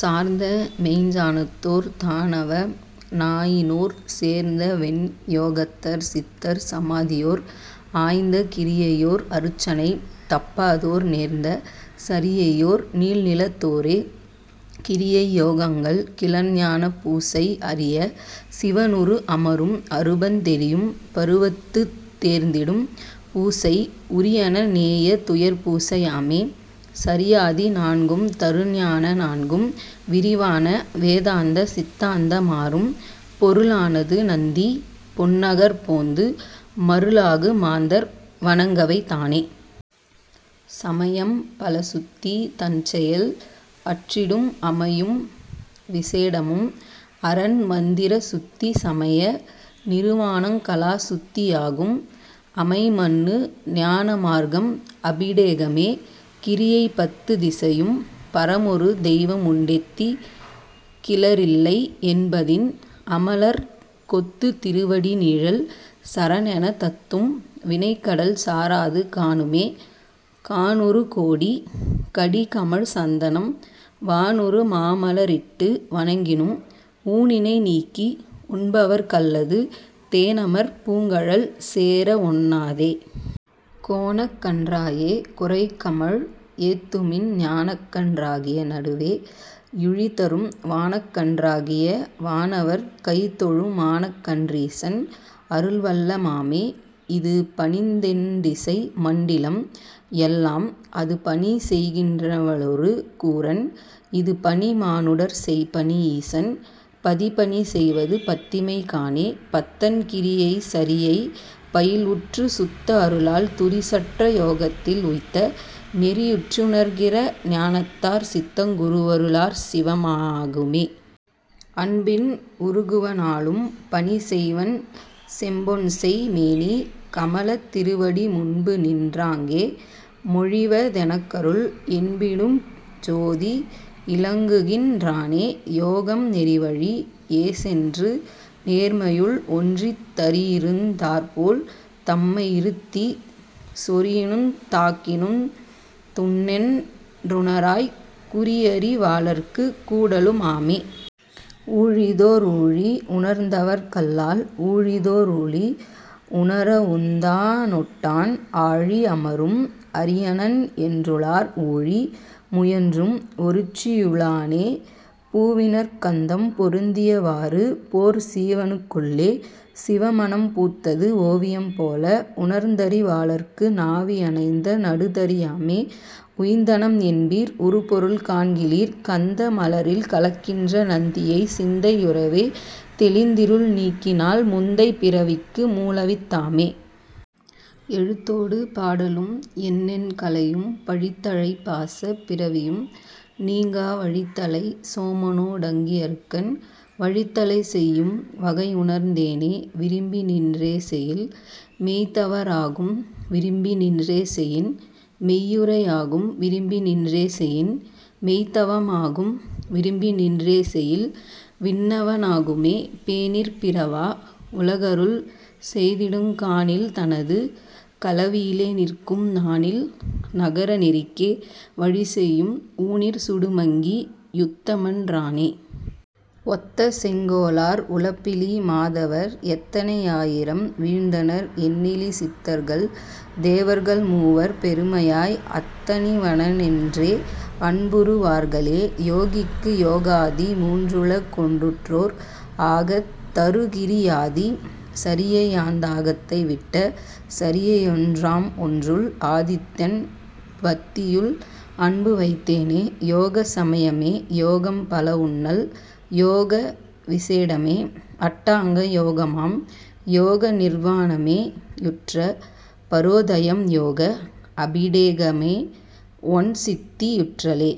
சார்ந்தமெய்ஞ் ஞானத்தோர் தானவ னாயினோர் சேர்ந்தவெண் யோகத்தர் சித்தர் சமாதியோர் ஆய்ந்த கிரியையோர் அருச்சனை தப்பாதோர் நேர்ந்த சரியையோர் நீள்நிலத் தோரே. கிரியை யோகங்கள் கிளர்ஞான பூசை அரிய சிவனுரு அமரும் அரூபந் தெரியும் பருவத்துத் தேர்ந்திடும் பூசை உரியன நேயத் துயர்பூசை யாமே. சரியாதி நான்குந் தருஞான நான்கும் விரிவான வேதாந்த சித்தாந்த மாறும் பொருளா னதுநந்தி பொன்னகர் போந்து மருளாகு மாந்தர் வணங்கவைத் தானே. சமையம் பலசுத்தித் தன்செயல் அற்றிடும் அமையும் விசேடமும் அரன்மந் திரசுத்தி சமைய நிருவாணங் கலாசுத்தி யாகும் அமைமன்னு ஞானமார்க் கம்அபிடேகமே.. கிரியை பத்துத் திசையும் பரமொரு தெய்வமுண் டெத்திக் கிலரில்லை என்பதின் அமலர்க் கொத்துத் திருவடி நீழல் சரணெனத் தத்தும் வினைக்கடல் சாராது காணுமே. கானுறு கோடி கடிகமழ் சந்தனம் வானுறு மாமல ரிட்டு வணங்கினும் ஊனினை நீக்கி உண்பவர்க் கல்லது தேனமர் பூங்கழல் சேரவொண் ணாதே. கோனக்கன் றாயே குரைகழல் ஏத்துமின் ஞானக்கன் றாகிய நடுவே யுழிதரும் வானக்கன் றாகிய வானவர் கைதொழு மானக்கன் றீசன் அருள்வள்ள மாமே. இதுபணிந் தெண்டிசை மண்டிலம் எல்லாம் அதுபணி செய்கின் றவளொரு கூறன் இதுபணி மானுடர் செய்பணி யீசன் பதிபணி செய்வது பத்திமை காணே. பத்தன் கிரியை சரியை பயில்வுற்றுச் சுத்த அருளால் துரிசற்ற யோகத்தில் உய்த்த நெறியுற் றுணர்கின்ற ஞானத்தாற் சித்தங் குருவரு ளாற்சிவ மாகுமே. அன்பின் உருகுவ நாளும் பணிசெய்வன் செம்பொன்செய் மேனி கமலத் திருவடி முன்புநின் றாங்கே மொழிவ தெனக்கருள் என்பினுட் சோதி இலங்குகின் றானே.. யோகம் நெறிவழி யேசென்று நேர்மையுள் ஒன்றித் தறியிருந் தாற்போல் தம்மை யிருத்திச் சொறியினுந் தாக்கினுந் துண்ணென் றுணராக் குறியறி வாளர்க்குக் கூடலு மாமே. ஊழிதோ றூழிஉணர்ந்தவர்க் கல்லால் ஊழிதோ றூழி உணரவுந் தானொட்டான் ஆழி அமரும் அரியயன் என்றுளார் ஊழி முயன்றும் ஒருச்சியு ளானே. பூவினிற் கந்தம் பொருந்திய வாறுபோற் சீவனுக் குள்ளே சிவமணம் பூத்தது ஓவியம் போல உணர்ந்தறி வாளர்க்கு நாவி யணைந்த நடுதறி யாமே. உய்ந்தனம் என்பீர் உறுபொருள் காண்கிலீர் கந்த மலரிற் கலக்கின்ற நந்தியைச் சிந்தை யுறவே தெளிந்திருள் நீங்கினால் முந்தைப் பிறவிக்கு மூலவித் தாமே. எழுத்தோடு பாடலும் எண்ணெண் கலையும் பழித்தலைப் பாசப் பிறவியும் நீங்கா வழித்தலைச் சோமனோ டங்கி யருக்கன் வழித்தலைச் செய்யும் வகையுணர்ந் தேனே. விரும்பிநின் றேசெயில் மேய்த்தவ ராகும் விரும்பிநின் றேசெயின் மெய்யுரை யாகும் விரும்பிநின் றேசெயின் மெய்த்தவ மாகும் விரும்பிநின் றேசெயில் விண்ணவ னாகுமே. பேணிற் பிறவா உலகருள் செய்திடுங் காணில் தனது கலவியு ளேநிற்கும் நாணில் நகர நெறிக்கே வழிசெயும் ஊனிற் சுடுமங்கி யுத்தமன் றானே. ஒத்தசெங் கோலார் உலப்பிலி மாதவர் எத்தனை யாயிரம் வீழ்ந்தனர் எண்ணிலி சித்தர்கள் தேவர்கள் மூவர் பெருமையாய் அத்த னிவனென்றே அன்புறு வார்களே. யோகிக்கு யோகாதி மூன்றுள கொண்டுற்றோர் ஆகத் தருகிரி யாதி சரியையாந் தாகத்தை விட்ட சரியையொன் றாம்ஒன்றுள் ஆதித்தன் பத்தியுள் அன்புவைத் தேனே. யோகச் சமயமே யோகம் பலவுன்னல் யோக விசேடமே அட்டாங்க யோகமாம் யோகநிர் வாணமே யுற்ற பரோதயம் யோக அபிடேகமே ஒண்சித்தி யுற்றலே..